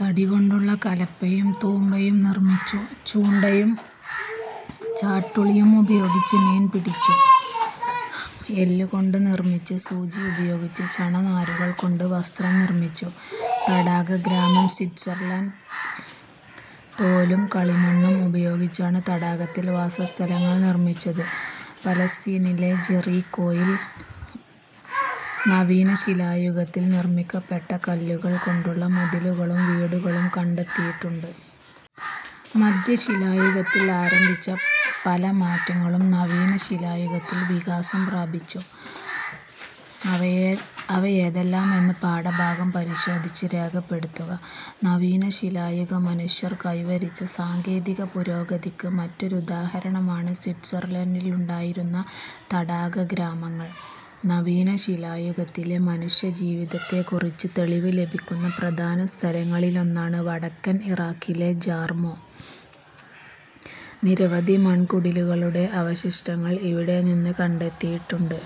തടികൊണ്ടുള്ള കലപ്പയും തൂമ്പയും നിർമ്മിച്ചു. ചൂണ്ടയും ചാട്ടുളിയും ഉപയോഗിച്ച് മീൻ പിടിച്ചു. എല്ലു കൊണ്ട് നിർമ്മിച്ച് സൂചി ഉപയോഗിച്ച് ചണ നാരുകൾ കൊണ്ട് വസ്ത്രം നിർമിച്ചു. തടാകഗ്രാമം സ്വിറ്റ്സർലണ്ട്. തോലും കളിമണ്ണും ഉപയോഗിച്ചാണ് തടാകത്തിൽ വാസസ്ഥലങ്ങൾ നിർമ്മിച്ചത്. പലസ്തീനിലെ ജെറീക്കോയിൽ നവീനശിലായുഗത്തിൽ നിർമ്മിക്കപ്പെട്ട കല്ലുകൾ കൊണ്ടുള്ള മതിലുകളും വീടുകളും കണ്ടെത്തിയിട്ടുണ്ട്. മധ്യശിലായുഗത്തിൽ ആരംഭിച്ച പല മാറ്റങ്ങളും നവീന ശിലായുഗത്തിൽ വികാസം പ്രാപിച്ചു. അവയേതെല്ലാമെന്ന് പാഠഭാഗം പരിശോധിച്ച് രേഖപ്പെടുത്തുക. നവീന ശിലായുഗ മനുഷ്യർ കൈവരിച്ച സാങ്കേതിക പുരോഗതിക്ക് മറ്റൊരുദാഹരണമാണ് സ്വിറ്റ്സർലണ്ടിലുണ്ടായിരുന്ന തടാകഗ്രാമങ്ങൾ. നവീന ശിലായുഗത്തിലെ മനുഷ്യജീവിതത്തെക്കുറിച്ച് തെളിവ് ലഭിക്കുന്ന പ്രധാന സ്ഥലങ്ങളിലൊന്നാണ് വടക്കൻ ഇറാക്കിലെ ജാർമൊ. നിരവധി മൺകുടിലുകളുടെ അവശിഷ്ടങ്ങൾ ഇവിടെ നിന്ന് കണ്ടെത്തിയിട്ടുണ്ട്.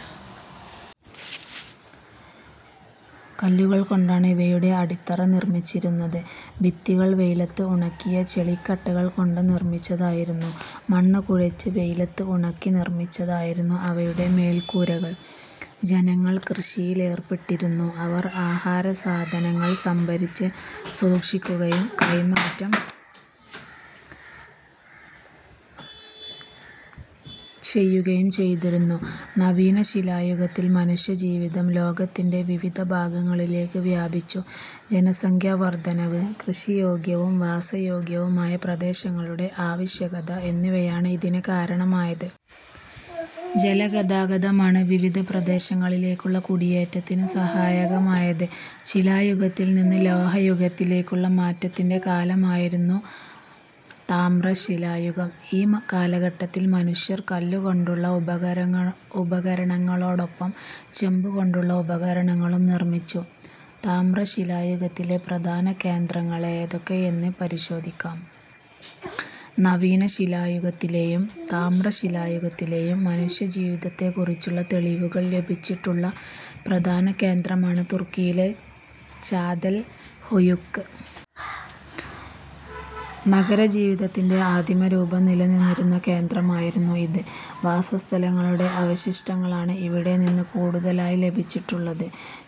കല്ലുകൾകൊണ്ടാണ് ഇവയുടെ അടിത്തറ നിർമ്മിച്ചിരുന്നത്. ഭിത്തികൾ വെയിലത്ത് ഉണക്കിയ ചെളിക്കട്ടകൾ കൊണ്ട് നിർമ്മിച്ചതായിരുന്നു. മണ്ണ് കുഴച്ച് വെയിലത്ത് ഉണക്കി നിർമ്മിച്ചതായിരുന്നു അവയുടെ മേൽക്കൂരകൾ. ജനങ്ങൾ കൃഷിയിലേർപ്പെട്ടിരുന്നു. അവർ ആഹാരസാധനങ്ങൾ സംഭരിച്ച് സൂക്ഷിക്കുകയും കൈമാറ്റം ചെയ്യുകയും ചെയ്തിരുന്നു. നവീനശിലായുഗത്തിൽ മനുഷ്യജീവിതം ലോകത്തിന്റെ വിവിധ ഭാഗങ്ങളിലേക്ക് വ്യാപിച്ചു. ജനസംഖ്യാ വർദ്ധനവ്, കൃഷിയോഗ്യവും വാസയോഗ്യവുമായ പ്രദേശങ്ങളുടെ ആവശ്യകത എന്നിവയാണ് ഇതിന് കാരണമായത്. ജലഗതാഗതമാണ് വിവിധ പ്രദേശങ്ങളിലേക്കുള്ള കുടിയേറ്റത്തിന് സഹായകമായത്. ശിലായുഗത്തിൽനിന്ന് ലോഹയുഗത്തിലേക്കുള്ള മാറ്റത്തിന്റെ കാലമായിരുന്നു താമ്രശിലായുഗം. ഈ കാലഘട്ടത്തിൽ മനുഷ്യർ കല്ലു കൊണ്ടുള്ള ഉപകരണങ്ങളോടൊപ്പം ചെമ്പു കൊണ്ടുള്ള ഉപകരണങ്ങളും നിർമ്മിച്ചു. താമ്രശിലായുഗത്തിലെ പ്രധാന കേന്ദ്രങ്ങളേതൊക്കെയെന്ന് പരിശോധിക്കാം. നവീന ശിലായുഗത്തിലെയും താമ്രശിലായുഗത്തിലെയും മനുഷ്യ ജീവിതത്തെക്കുറിച്ചുള്ള തെളിവുകൾ ലഭിച്ചിട്ടുള്ള പ്രധാന കേന്ദമാണ് തുർക്കിയിലെ ചാതൽ ഹൊയുക്ക്. നഗരജീവിതത്തിന്റെ ആദിമ രൂപം നിലനിന്നിരുന്ന കേന്ദ്രമായിരുന്നു ഇത്. വാസസ്ഥലങ്ങളുടെ അവശിഷ്ടങ്ങളാണ് ഇവിടെനിന്ന് കൂടുതലായി ലഭിച്ചിട്ടുള്ളത്.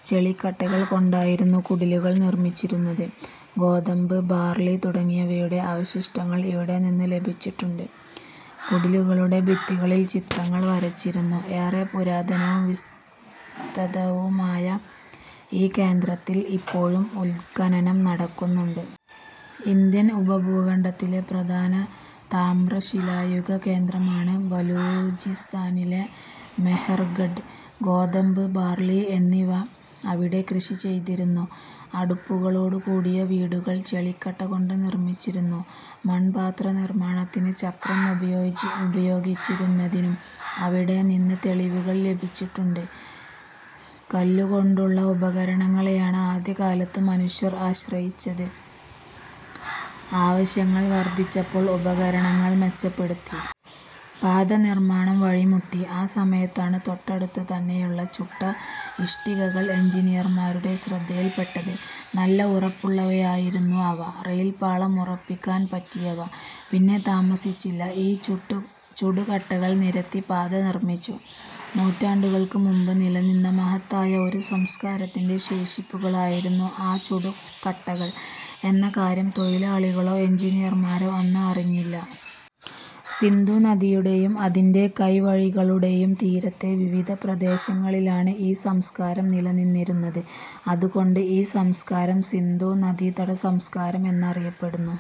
ചെളിക്കട്ടകൾ കൊണ്ടായിരുന്നു കുടിലുകൾ നിർമ്മിച്ചിരുന്നത്. ഗോതമ്പ്, ബാർലി തുടങ്ങിയവയുടെ അവശിഷ്ടങ്ങൾ ഇവിടെ നിന്ന് ലഭിച്ചിട്ടുണ്ട്. കുടിലുകളുടെ ഭിത്തികളിൽ ചിത്രങ്ങൾ വരച്ചിരുന്നു. ഏറെ പുരാതനവും വിസ്തതവുമായ ഈ കേന്ദ്രത്തിൽ ഇപ്പോഴും ഉത്ഖനനം നടക്കുന്നുണ്ട്. ഇന്ത്യൻ ഉപഭൂഖണ്ഡത്തിലെ പ്രധാന താമ്രശിലായുഗ കേന്ദ്രമാണ് ബലൂചിസ്ഥാനിലെ മെഹർഗഡ്, ഗോതമ്പ്, ബാർലി എന്നിവ അവിടെ കൃഷി ചെയ്തിരുന്നു. അടുപ്പുകളോടുകൂടിയ വീടുകൾ ചെളിക്കട്ട കൊണ്ട് നിർമ്മിച്ചിരുന്നു. മൺപാത്ര നിർമ്മാണത്തിന് ചക്രം ഉപയോഗിച്ചിരുന്നതിനും അവിടെനിന്ന് തെളിവുകൾ ലഭിച്ചിട്ടുണ്ട്. കല്ലുകൊണ്ടുള്ള ഉപകരണങ്ങളെയാണ് ആദ്യകാലത്ത് മനുഷ്യർ ആശ്രയിച്ചത്. ആവശ്യങ്ങൾ വർദ്ധിച്ചപ്പോൾ ഉപകരണങ്ങൾ മെച്ചപ്പെടുത്തി. പാത നിർമ്മാണം വഴിമുട്ടി. ആ സമയത്താണ് തൊട്ടടുത്തു തന്നെയുള്ള ചുട്ട ഇഷ്ടികകൾ എഞ്ചിനീയർമാരുടെ ശ്രദ്ധയിൽപ്പെട്ടത്. നല്ല ഉറപ്പുളളവയായിരുന്നു അവ. റയിൽപ്പാളം ഉറപ്പിക്കാൻ പറ്റിയവ. പിന്നെ താമസിച്ചില്ല ഈ ചുടുകട്ടകൾ നിരത്തി പാത നിർമ്മിച്ചു. നൂറ്റാണ്ടുകൾക്ക് മുമ്പ് നിലനിന്ന മഹത്തായ ഒരു സംസ്കാരത്തിന്റെ ശേഷിപ്പുകളായിരുന്നു ആ ചുടുകട്ടകൾ എന്ന കാര്യം തൊഴിലാളികളോ എഞ്ചിനീയർമാരോ അന്ന് അറിഞ്ഞില്ല. സിന്ധു നദിയുടെയും അതിന്റെ കൈവഴികളുടെയും തീരത്തെ വിവിധ പ്രദേശങ്ങളിലാണ് ഈ സംസ്കാരം നില നിന്നിരുന്നത്. അതുകൊണ്ട് ഈ സംസ്കാരം സിന്ധു നദീതട സംസ്കാരം എന്നറിയപ്പെടുന്നു.